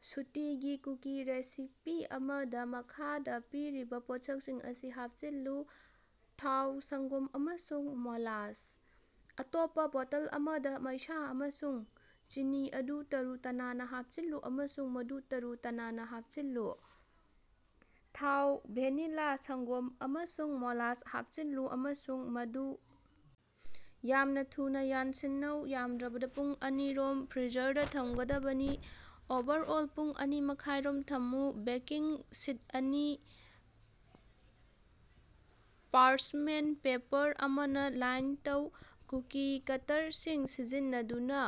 ꯁꯨꯇꯤꯒꯤ ꯀꯨꯀꯤ recipe ꯑꯃꯗꯥ ꯃꯈꯥꯗꯥ ꯄꯤꯔꯤꯕꯥ ꯄꯣꯠꯁꯛꯁꯤꯡ ꯑꯁꯤ ꯍꯥꯞꯆꯤꯜꯂꯨ: ꯊꯥꯎ, ꯁꯪꯒꯣꯝ, ꯑꯃꯁꯨꯡ ꯃꯣꯂꯥꯁ꯫ ꯑꯇꯣꯞꯄꯥ ꯕꯣꯇꯜ ꯑꯃꯗꯥ, ꯃꯩꯁꯥ ꯑꯃꯁꯨꯡ ꯆꯤꯅꯤ ꯑꯗꯨ ꯇꯔꯨ-ꯇꯅꯥꯟꯅꯥ ꯍꯥꯞꯆꯤꯜꯂꯨ ꯑꯃꯁꯨꯡ ꯃꯗꯨ ꯇꯔꯨ-ꯇꯅꯥꯟꯅꯥ ꯍꯥꯞꯆꯤꯜꯂꯨ꯫ ꯊꯥꯎ, ꯚꯦꯅꯤꯂꯥ, ꯁꯪꯒꯣꯝ, ꯑꯃꯁꯨꯡ ꯃꯣꯂꯥꯁ ꯍꯥꯞꯆꯤꯜꯂꯨ ꯑꯃꯁꯨꯡ ꯃꯗꯨ ꯌꯥꯝꯅꯥ ꯊꯨꯅꯥ ꯌꯥꯟꯁꯤꯟꯅꯧ꯫ ꯌꯥꯝꯗ꯭ꯔꯕꯗꯥ ꯄꯨꯡ ꯑꯅꯤ ꯔꯣꯝ ꯐ꯭ꯔꯤꯖꯔꯗꯥ ꯊꯝꯒꯗꯕꯅꯤ꯫ ꯑꯣꯚꯔꯑꯣꯜ ꯄꯨꯡ ꯑꯅꯤꯃꯈꯥꯏꯔꯣꯝ ꯊꯝꯃꯨ꯫ ꯕꯦꯀꯤꯡ ꯁꯤꯠ ꯑꯅꯤ ꯄꯥꯔꯆꯃꯦꯟ ꯄꯦꯄꯔ ꯑꯃꯅꯥ ꯂꯥꯏꯟ ꯇꯧ꯫ ꯀꯨꯀꯤ ꯀꯠꯇꯔꯁꯤꯡ ꯁꯤꯖꯤꯟꯅꯗꯨꯅꯥ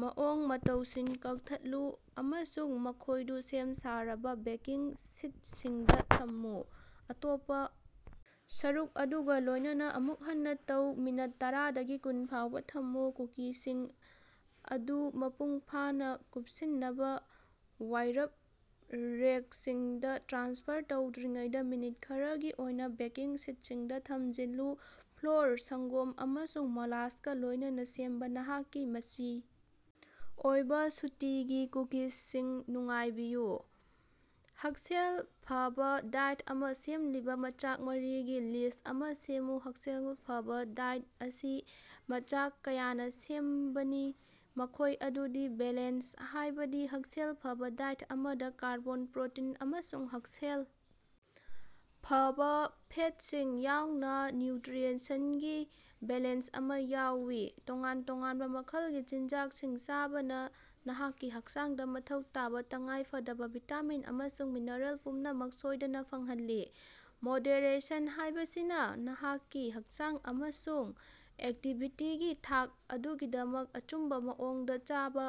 ꯃꯑꯣꯡ-ꯃꯇꯧꯁꯤꯡ ꯀꯛꯊꯠꯂꯨ ꯑꯃꯁꯨꯡ ꯃꯈꯣꯏꯗꯨ ꯁꯦꯝ-ꯁꯥꯔꯕꯥ ꯕꯦꯀꯤꯡ ꯁꯤꯠꯁꯤꯡꯗꯥ ꯊꯝꯃꯨ꯫ ꯑꯇꯣꯞꯄꯥ ꯁꯔꯨꯛ ꯑꯗꯨꯒꯥ ꯂꯣꯏꯅꯅꯥ ꯑꯃꯨꯛ ꯍꯟꯅꯥ ꯇꯧ꯫ ꯃꯤꯅꯠ ꯇꯔꯥꯗꯒꯤ ꯀꯨꯟ ꯐꯥꯎꯕꯥ ꯊꯝꯃꯨ꯫ ꯀꯨꯀꯤꯁꯤꯡ ꯑꯗꯨ ꯃꯄꯨꯡꯐꯥꯅꯥ ꯀꯨꯞꯁꯤꯟꯅꯕꯥ ꯋꯥꯏꯔꯞ ꯔꯦꯛꯁꯤꯡꯗꯥ ꯇ꯭ꯔꯥꯟꯁꯐꯔ ꯇꯧꯗ꯭ꯔꯤꯉꯩꯗꯥ ꯃꯤꯅꯠ ꯈꯔꯒꯤ ꯑꯣꯏꯅꯥ ꯕꯦꯀꯤꯡ ꯁꯤꯠꯁꯤꯡꯗꯥ ꯊꯝꯖꯤꯜꯂꯨ꯫ ꯐ꯭ꯂꯣꯔ, ꯁꯪꯒꯣꯝ ꯑꯃꯁꯨꯡ ꯃꯣꯂꯥꯁꯀꯥ ꯂꯣꯏꯅꯅꯥ ꯁꯦꯝꯕꯥ ꯅꯍꯥꯛꯀꯤ ꯃꯆꯤ ꯑꯣꯏꯕꯥ ꯁꯨꯇꯤꯒꯤ ꯀꯨꯀꯤꯁꯤꯡ ꯅꯨꯡꯉꯥꯏꯕꯤꯌꯨ꯫ ꯍꯛꯁꯦꯜ ꯐꯕꯥ ꯗꯥꯏꯠ ꯑꯃꯥ ꯁꯦꯝꯂꯤꯕꯥ ꯃꯆꯥꯛ ꯃꯔꯤꯒꯤ ꯂꯤꯁ ꯑꯃꯥ ꯁꯦꯝꯃꯨ꯫ ꯍꯛꯁꯦꯜ ꯐꯕꯥ ꯗꯥꯏꯠ ꯑꯁꯤ ꯃꯆꯥꯛ ꯀꯌꯥꯅꯥ ꯁꯦꯝꯕꯅꯤ꯫ ꯃꯈꯣꯏ ꯑꯗꯨꯗꯤ ꯕꯦꯂꯦꯟꯁ ꯍꯥꯏꯕꯥꯗꯤ ꯍꯛꯁꯦꯜ ꯐꯕꯥ ꯗꯥꯏꯠ ꯑꯃꯗꯥ ꯀꯥꯔꯕꯣꯟ, ꯄ꯭ꯔꯣꯇꯤꯟ ꯑꯃꯁꯨꯡ ꯍꯛꯁꯦꯜ ꯐꯕꯥ ꯐꯦꯠꯁꯤꯡ ꯌꯥꯎꯅꯥ ꯅ꯭ꯌꯨꯇ꯭ꯔꯤꯑꯦꯟꯁꯤꯡꯒꯤ ꯕꯦꯂꯦꯟꯁ ꯑꯃꯥ ꯌꯥꯎꯏ꯫ ꯇꯣꯉꯥꯟ-ꯇꯣꯉꯥꯟꯕꯥ ꯃꯈꯜꯒꯤ ꯆꯤꯟꯖꯥꯛꯁꯤꯡ ꯆꯥꯕꯅꯥ ꯅꯍꯥꯛꯀꯤ ꯍꯛꯆꯥꯡꯗꯥ ꯃꯊꯧ ꯇꯥꯕꯥ ꯇꯉꯥꯏꯐꯗꯕꯥ ꯚꯤꯇꯥꯃꯤꯟ ꯑꯃꯁꯨꯡ ꯃꯤꯅꯔꯦꯜ ꯄꯨꯝꯅꯃꯛ ꯁꯣꯏꯗꯅꯥ ꯐꯪꯍꯜꯂꯤ꯫ ꯃꯣꯗꯦꯔꯦꯁꯟ ꯍꯥꯏꯕꯁꯤꯅ ꯅꯍꯥꯛꯀꯤ ꯍꯛꯆꯥꯡ ꯑꯃꯁꯨꯡ ꯑꯦꯛꯇꯤꯚꯤꯇꯤꯒꯤ ꯊꯥꯛ ꯑꯗꯨꯒꯤꯗꯃꯛ ꯑꯆꯨꯝꯕꯥ ꯃꯑꯣꯡꯗꯥ ꯆꯥꯕꯥ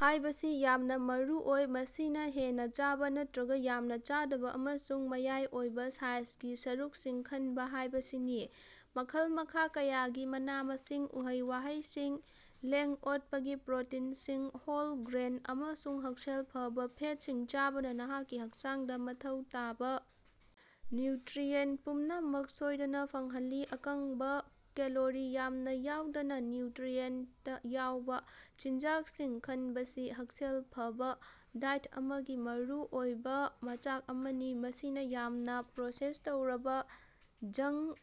ꯍꯥꯏꯕꯁꯤ ꯌꯥꯝꯅꯥ ꯃꯔꯨꯑꯣꯏ꯫ ꯃꯁꯤꯅꯥ ꯍꯦꯟꯅꯥ ꯆꯥꯕꯥ ꯅꯠꯇ꯭ꯔꯒꯥ ꯌꯥꯝꯅꯥ ꯆꯥꯗꯕꯥ ꯑꯃꯁꯨꯡ ꯃꯌꯥꯏ ꯑꯣꯏꯕꯥ ꯁꯥꯏꯖꯒꯤ ꯁꯔꯨꯛꯁꯤꯡ ꯈꯟꯕ ꯍꯥꯏꯕꯁꯤꯅꯤ꯫ ꯃꯈꯜ-ꯃꯈꯥ ꯀꯌꯥꯒꯤ ꯃꯅꯥ-ꯃꯁꯤꯡ, ꯎꯍꯩ-ꯋꯥꯍꯩꯁꯤꯡ, ꯂꯦꯡ-ꯑꯣꯠꯄꯒꯤ ꯄ꯭ꯔꯣꯇꯤꯟꯁꯤꯡ, ꯍꯣꯜ ꯒ꯭ꯔꯦꯟ ꯑꯃꯁꯨꯡ ꯍꯛꯁꯦꯜ ꯐꯕꯥ ꯐꯦꯠꯁꯤꯡ ꯆꯥꯕꯅꯥ ꯅꯍꯥꯛꯀꯤ ꯍꯛꯆꯥꯡꯗꯥ ꯃꯊꯧ ꯇꯥꯕꯥ ꯅ꯭ꯌꯨꯇ꯭ꯔꯤꯑꯦꯟ ꯄꯨꯝꯅꯃꯛ ꯁꯣꯏꯗꯅꯥ ꯐꯪꯍꯜꯂꯤ꯫ ꯑꯀꯪꯕꯥ ꯀꯦꯂꯣꯔꯤ ꯌꯥꯝꯅꯥ ꯌꯥꯎꯗꯅꯥ, ꯅ꯭ꯌꯨꯇ꯭ꯔꯤꯑꯦꯟꯇ ꯌꯥꯎꯕꯥ ꯆꯤꯟꯖꯥꯛꯁꯤꯡ ꯈꯟꯕꯁꯤ ꯍꯛꯁꯦꯜ ꯐꯕꯥ ꯗꯥꯏꯠ ꯑꯃꯒꯤ ꯃꯔꯨꯑꯣꯏꯕꯥ ꯃꯆꯥꯛ ꯑꯃꯅꯤ꯫ ꯃꯁꯤꯅꯥ ꯌꯥꯝꯅꯥ ꯄ꯭ꯔꯣꯁꯦꯁ ꯇꯧꯔꯕꯥ ꯖꯪꯡ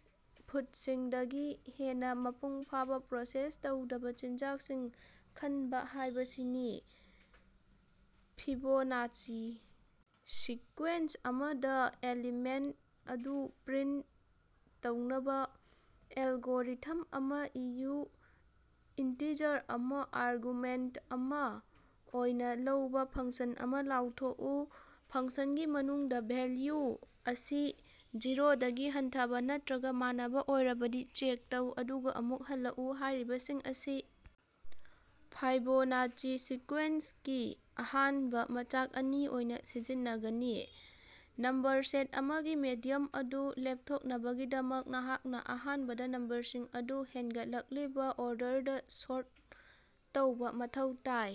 ꯐꯨꯠꯁꯤꯡꯗꯒꯤ ꯍꯦꯟꯅꯥ ꯃꯄꯨꯡꯐꯥꯕꯥ, ꯄ꯭ꯔꯣꯁꯦꯁ ꯇꯧꯗꯕꯥ ꯆꯤꯟꯖꯥꯛꯁꯤꯡ ꯈꯟꯕꯥ ꯍꯥꯏꯕꯁꯤꯅꯤ꯫ ꯐꯤꯕꯣꯅꯥꯆꯤ ꯁꯤꯛꯀ꯭ꯋꯦꯟꯁ ꯑꯃꯗꯥ ꯑꯦꯂꯤꯃꯦꯟꯇ ꯑꯗꯨ ꯄ꯭ꯔꯤꯟꯇ ꯇꯧꯅꯕꯥ ꯑꯦꯜꯒꯣꯔꯤꯊꯝ ꯑꯃꯥ ꯏꯌꯨ꯫ ꯏꯟꯇꯤꯖꯔ ꯑꯃꯥ ꯑꯥꯔꯒꯨꯃꯦꯟꯇ ꯑꯃꯥ ꯑꯣꯏꯅꯥ ꯂꯧꯕꯥ ꯐꯪꯁꯟ ꯑꯃꯥ ꯂꯥꯎꯊꯣꯛꯎ꯫ꯐꯪꯁꯟꯒꯤ ꯃꯅꯨꯡꯗꯥ ꯚꯦꯜꯂꯨ ꯑꯁꯤ ꯖꯤꯔꯣꯗꯒꯤ ꯍꯟꯊꯕꯥ ꯅꯠꯇ꯭ꯔꯒꯥ ꯃꯥꯟꯅꯕꯥ ꯑꯣꯏꯔꯕꯗꯤ ꯆꯦꯛ ꯇꯧ ꯑꯗꯨꯒ ꯑꯃꯨꯛ ꯍꯜꯂꯛꯎ꯫ ꯍꯥꯏꯔꯤꯕꯁꯤꯡ ꯑꯁꯤ ꯐꯥꯏꯕꯣꯅꯥꯆꯤ ꯁꯤꯛꯀ꯭ꯋꯦꯟꯁꯀꯤ ꯑꯍꯥꯟꯕꯥ ꯃꯆꯥꯛ ꯑꯅꯤ ꯑꯣꯏꯅꯥ ꯁꯤꯖꯤꯟꯅꯒꯅꯤ꯫ ꯅꯝꯕꯔ ꯁꯦꯠ ꯑꯃꯒꯤ ꯃꯦꯗꯤꯌꯝ ꯑꯗꯨ ꯂꯦꯞꯊꯣꯛꯅꯕꯒꯤꯗꯃꯛ, ꯅꯍꯥꯛꯅꯥ ꯑꯍꯥꯟꯕꯗꯥ ꯅꯝꯕꯔꯁꯤꯡ ꯑꯗꯨ ꯍꯦꯟꯒꯠꯂꯛꯂꯤꯕꯥ ꯑꯣꯔꯗꯔꯗꯥ ꯁꯣꯔꯠ ꯇꯧꯕꯥ ꯃꯊꯧ ꯇꯥꯏ꯫